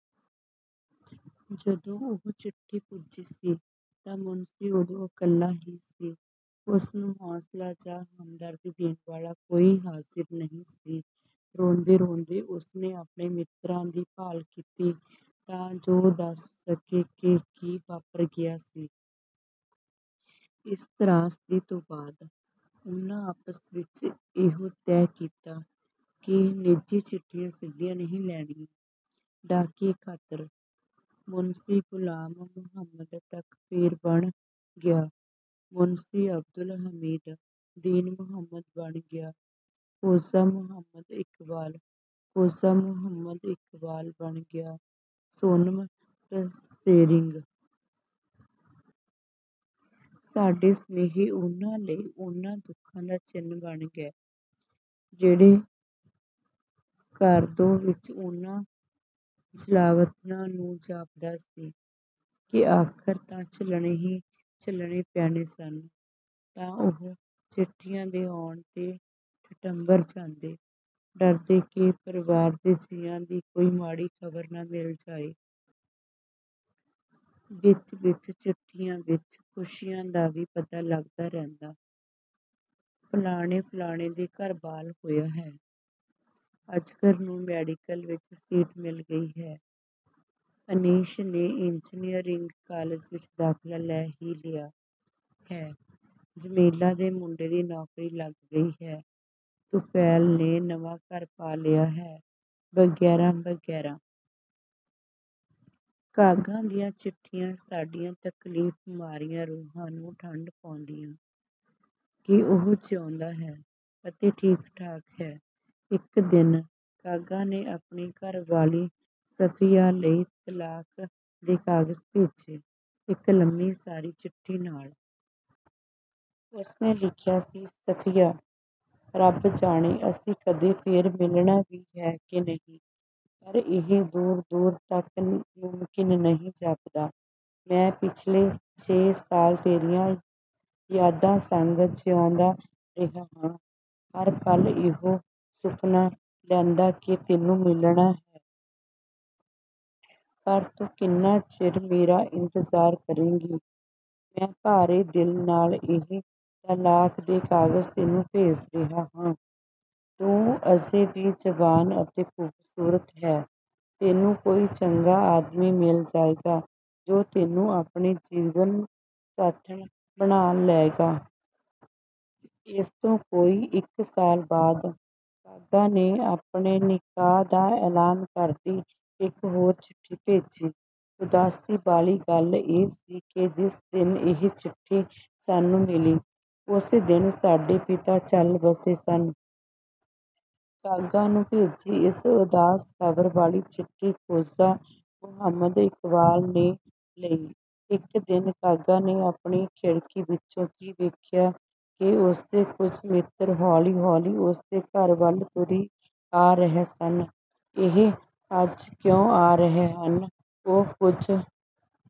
ਜਦੋਂ ਉਹ ਚਿੱਠੀ ਪੁੱਜੀ ਸੀ ਤਾਂ ਮੁਨਸ਼ੀ ਓਦੋਂ ਇਕੱਲਾ ਹੀ ਸੀ। ਉਸ ਨੂੰ ਹੌਸਲਾ ਜਾਂ ਹਮਦਰਦੀ ਦੇਣ ਵਾਲਾ ਕੋਈ ਹਾਜ਼ਿਰ ਨਹੀਂ ਸੀ। ਰੋਂਦੇ-ਰੋਂਦੇ ਉਸ ਨੇ ਆਪਣੇ ਮਿੱਤਰਾਂ ਦੀ ਭਾਲ ਕੀਤੀ ਤਾਂ ਜੋ ਦੱਸ ਸਕੇ ਕਿ ਕੀ ਵਾਪਰ ਗਿਆ ਸੀ। ਇਸ ਤ੍ਰਾਸਦੀ ਤੋਂ ਬਾਅਦ, ਉਨ੍ਹਾਂ ਆਪਸ ਵਿੱਚ ਇਹੋ ਤੈਅ ਕੀਤਾ ਕਿ ਨਿੱਜੀ ਚਿੱਠੀਆਂ ਸਿੱਧੀਆਂ ਨਹੀਂ ਲੈਣੀਆਂ। ਡਾਕੀਏ ਖਾਤਰ, ਮੁਨਸ਼ੀ ਗ਼ੁਲਾਮ ਮੋਹੰਮਦ ਟਕ ਫੇਰ ਬਣ ਗਿਆ ਮੁਨਸ਼ੀ ਅਬਦੁਲ ਹਮੀਦ, ਦੀਨ ਮੋਹੰਮਦ ਬਣ ਗਿਆ ਖੋਜਾ ਮੋਹੰਮਦ ਇਕਬਾਲ, ਖੋਜਾ ਮੋਹੰਮਦ ਇਕਬਾਲ ਬਣ ਗਿਆ ਸੋਨਮ ਤਸ਼ੇਰਿੰਗ। ਸਾਡੇ ਸੁਨੇਹੇ ਉਨ੍ਹਾਂ ਲਈ ਉਨ੍ਹਾਂ ਦੁੱਖਾਂ ਦਾ ਚਿੰਨ੍ਹ ਬਣ ਗਏ ਜਿਹੜੇ ਸਕਾਰਦੋ ਵਿੱਚ ਉਨ੍ਹਾਂ ਜਲਾਵਤਨਾਂ ਨੂੰ ਜਾਪਦਾ ਸੀ ਕਿ ਆਖ਼ਰ ਤਾਂ ਝੱਲਣੇ ਹੀ ਝੱਲਣੇ ਪੈਣੇ ਸਨ। ਤਾਂ ਉਹ ਚਿੱਠੀਆਂ ਦੇ ਆਉਣ 'ਤੇ ਠਠੰਬਰ ਜਾਂਦੇ, ਡਰਦੇ ਕਿ ਪਰਿਵਾਰ ਦੇ ਜੀਆਂ ਦੀ ਕੋਈ ਮਾੜੀ ਖ਼ਬਰ ਨਾ ਮਿਲ ਜਾਏ। ਵਿਚ-ਵਿਚ ਚਿੱਠੀਆਂ ਵਿੱਚ ਖੁਸ਼ੀਆਂ ਦਾ ਵੀ ਪਤਾ ਲੱਗਦਾ ਰਹਿੰਦਾ। ਫ਼ਲਾਣੇ-ਫ਼ਲਾਣੇ ਦੇ ਘਰ ਬਾਲ ਹੋਇਆ ਹੈ, ਅਜ਼ਗਰ ਨੂੰ ਮੈਡੀਕਲ ਵਿੱਚ ਸੀਟ ਮਿਲ ਗਈ ਹੈ, ਅਨੀਸ ਨੇ ਇੰਜਨੀਅਰਿੰਗ ਕਾਲਜ ਵਿੱਚ ਦਾਖ਼ਲਾ ਲੈ ਹੀ ਲਿਆ ਹੈ, ਜਮੀਲਾ ਦੇ ਮੁੰਡੇ ਦੀ ਨੌਕਰੀ ਲੱਗ ਗਈ ਹੈ, ਤੁਫ਼ੇਲ ਨੇ ਨਵਾਂ ਘਰ ਪਾ ਲਿਆ ਹੈ, ਵਗੈਰਾ-ਵਗੈਰਾ। ਕਾਗਾ ਦੀਆਂ ਚਿੱਠੀਆਂ ਸਾਡੀਆਂ ਤਕਲੀਫ਼-ਮਾਰੀਆਂ ਰੂਹਾਂ ਨੂੰ ਠੰਡ ਪਾਉਂਦੀਆਂ ਕਿ ਉਹ ਜਿਊਂਦਾ ਹੈ ਅਤੇ ਠੀਕ-ਠਾਕ ਹੈ। ਇੱਕ ਦਿਨ ਕਾਗਾ ਨੇ ਆਪਣੀ ਘਰਵਾਲੀ ਸਫ਼ੀਆ ਲਈ ਤਲਾਕ ਦੇ ਕਾਗ਼ਜ਼ ਭੇਜੇ, ਇੱਕ ਲੰਮੀ ਸਾਰੀ ਚਿੱਠੀ ਨਾਲ। ਉਸ ਨੇ ਲਿਖਿਆ ਸੀ, "ਸਫ਼ੀਆ, ਰੱਬ ਜਾਣੇ ਅਸੀਂ ਕਦੇ ਫੇਰ ਮਿਲਣਾ ਵੀ ਹੈ ਕਿ ਨਹੀਂ, ਪਰ ਇਹ ਦੂਰ-ਦੂਰ ਤੱਕ ਮੁਮਕਿਨ ਨਹੀਂ ਜਾਪਦਾ। ਮੈਂ ਪਿਛਲੇ ਛੇ ਸਾਲ ਤੇਰੀਆਂ ਯਾਦਾਂ ਸੰਗ ਜਿਊਂਦਾ ਰਿਹਾ ਹਾਂ, ਹਰ ਪਲ ਇਹੋ ਸੁਫ਼ਨਾ ਲੈਂਦਾ ਕਿ ਤੈਨੂੰ ਮਿਲਣਾ ਹੈ। ਪਰ ਤੂੰ ਕਿੰਨਾ ਚਿਰ ਮੇਰਾ ਇੰਤਜ਼ਾਰ ਕਰੇਂਗੀ? ਮੈਂ ਭਾਰੇ ਦਿਲ ਨਾਲ ਇਹ ਤਲਾਕ ਦੇ ਕਾਗ਼ਜ਼ ਤੈਨੂੰ ਭੇਜ ਰਿਹਾ ਹਾਂ। ਤੂੰ ਅਜੇ ਵੀ ਜਵਾਨ ਅਤੇ ਖ਼ੂਬਸੂਰਤ ਹੈਂ। ਤੈਨੂੰ ਕੋਈ ਚੰਗਾ ਆਦਮੀ ਮਿਲ ਜਾਏਗਾ ਜੋ ਤੈਨੂੰ ਆਪਣੀ ਜੀਵਨ ਸਾਥਣ ਬਣਾ ਲਏਗਾ।" ਇਸ ਤੋਂ ਕੋਈ ਇੱਕ ਸਾਲ ਬਾਅਦ, ਕਾਗਾ ਨੇ ਆਪਣੇ ਨਿਕਾਹ ਦਾ ਐਲਾਨ ਕਰਦੀ ਇੱਕ ਹੋਰ ਚਿੱਠੀ ਭੇਜੀ। ਉਦਾਸੀ ਵਾਲੀ ਗੱਲ ਇਹ ਸੀ ਕਿ ਜਿਸ ਦਿਨ ਇਹ ਚਿੱਠੀ ਸਾਨੂੰ ਮਿਲੀ, ਓਸੇ ਦਿਨ ਸਾਡੇ ਪਿਤਾ ਚੱਲ ਵਸੇ ਸਨ। ਕਾਗਾ ਨੂੰ ਭੇਜੀ ਇਸ ਉਦਾਸ ਖ਼ਬਰ ਵਾਲੀ ਚਿੱਠੀ ਖੋਜਾ ਮੋਹੰਮਦ ਇਕਬਾਲ ਨੇ ਲਈ। ਇੱਕ ਦਿਨ ਕਾਗਾ ਨੇ ਆਪਣੀ ਖਿੜਕੀ ਵਿੱਚੋਂ ਕੀ ਵੇਖਿਆ ਕਿ ਉਸਦੇ ਕੁਝ ਮਿੱਤਰ ਹੌਲੀ-ਹੌਲੀ ਉਸ ਦੇ ਘਰ ਵੱਲ ਤੁਰੀ ਆ ਰਹੇ ਸਨ। ਇਹ ਅੱਜ ਕਿਉਂ ਆ ਰਹੇ ਹਨ, ਉਹ ਕੁਝ...